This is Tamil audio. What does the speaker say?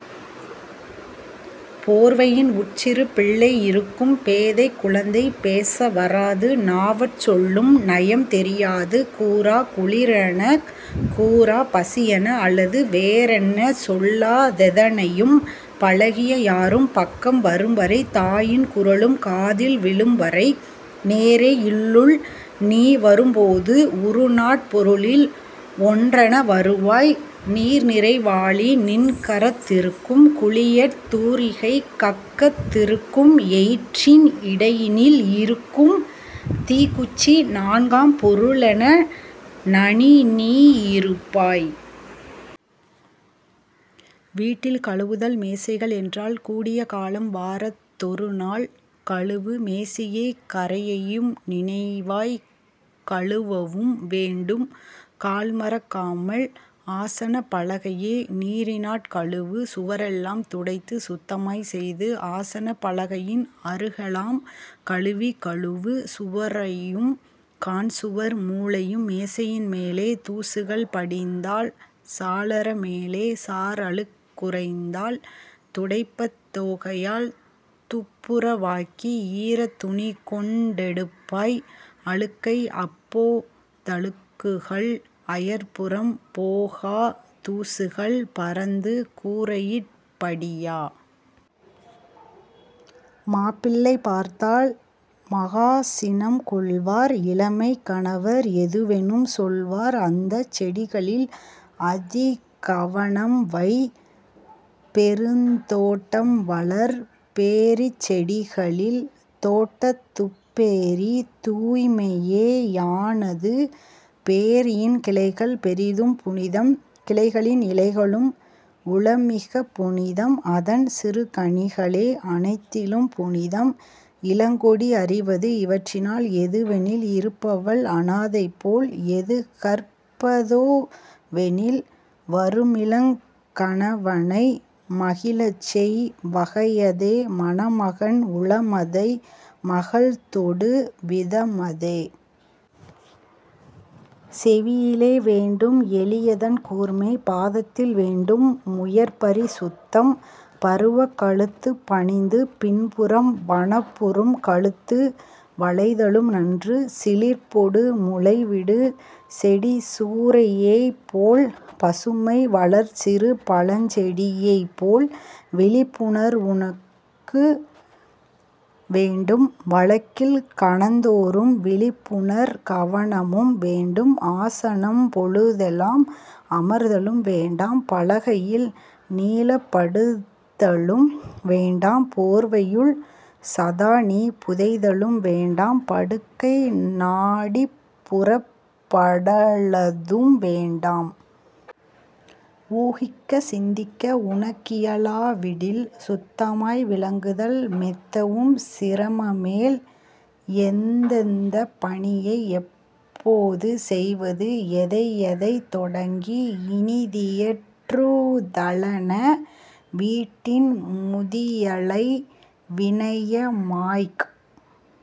போர்வையின் உட்சிறு பிள்ளை யிருக்கும் பேதைக் குழந்தை பேச வராது நாவாற் சொல்லும் நயம்தெரி யாது கூறா குளிரெனக் கூறா பசியென அல்லது வேறென்ன சொல்லா தெதனையும் பழகிய யாரும் பக்கம் வரும்வரை தாயின் குரலும் காதில் விழும்வரை. நேரே இல்லுள் நீவரும் போது உறுநாற் பொருளில் ஒன்றென வருவாய் நீர்நிறை வாளி நின்கரத் திருக்கும் குளியற் தூரிகை கக்கத் திருக்கும் எயிற்றின் இடையினில் இருக்கும்தீக் குச்சி நான்காம் பொருளென நனிநீ யிருப்பாய். வீட்டில் கழுவுதல் மேசைகள் என்றால் கூடிய காலம் வாரத் தொருநாள், கழுவு மேசையைக் கரையையும் நினைவாய் கழுவவும் வேண்டும் கால்மறக் காமல். ஆசனப் பலகையை நீரினாற் கழுவு சுவரெல்லாம் துடைத்துச் சுத்தமாய்க் செய்து ஆசனப் பலகையின் அருகெலாம் கழுவி கழுவு சுவரையும் காண்சுவர் மூலையும் மேசையின் மேலே தூசுகள் படிந்தால் சாளர மேலே சார்அழுக் குறைந்தால் துடைப்பத் தோகையால் துப்புர வாக்கி ஈரத் துணிகொண் டெடுப்பாய் அழுக்கை அப்போ தழுக்குகள் அயற்புறம் போகா தூசுகள் பறந்து கூரையிற் படியா. மாப்பிள்ளை பார்த்தால் மகாசினம் கொள்வார் இளமைக் கணவர் எதுவெனும் சொல்வார். அந்தச் செடிகளில் அதிகவனம்வை பெருந்தோட் டம்வளர் பேரிச் செடிகளில். தோட்டத் துப்பேரி தூய்மையேயானது பேரியின் கிளைகள் பெரிதும் புனிதம் கிளைகளின் இலைகளும் உளமிகப் புனிதம் அதன் சிறுகனிகளே அனைத்திலும் புனிதம். இளங்கொடி அறிவது இவற்றினால் எதுவெனில் இருப்பவள் அனாதைபோல் எதுகற்ப தோவெனில் வருமிளங் கணவனை மகிழச்செய் வகையதே மணமகன் உளமதை மகள்தொடு விதமதே. செவியிலே வேண்டும் எலியதன் கூர்மை பாதத்தில் வேண்டும் முயற்பரி சுத்தம். பருவக் கழுத்துப் பணிந்து பின்புறம் வனப்புறும் கழுத்து வளைதலும் நன்று சிலிர்ப்பொடு முளைவிடு செடிசூ ரையைப்போல் பசுமை வளர்சிறு பழச்செடியைப்போல். விழிப்புணர் வுனக்கு வேண்டும் வழக்கில் கணந்தோறும் விழிப்புணர் கவனமும் வேண்டும் ஆசனம் பொழுதெலாம் அமர்தலும் வேண்டாம் பலகையில் நீளப் படுத்தலும் வேண்டாம் போர்வையுள் சதாநீ புதைதலும் வேண்டாம் படுக்கைநா டிப்புறப்படலதும் வேண்டாம். ஊகிக்கச் சிந்திக்க உனக்கிய லாவிடில் சுத்தமாய் விளங்குதல் மெத்தவும் சிரமமேல் எந்தெந்தப் பணியை எப்போது செய்வது எதையெதைத் தொடங்கி இனிதியற் றுதலென வீட்டின் முதியளை வினயமாய்க்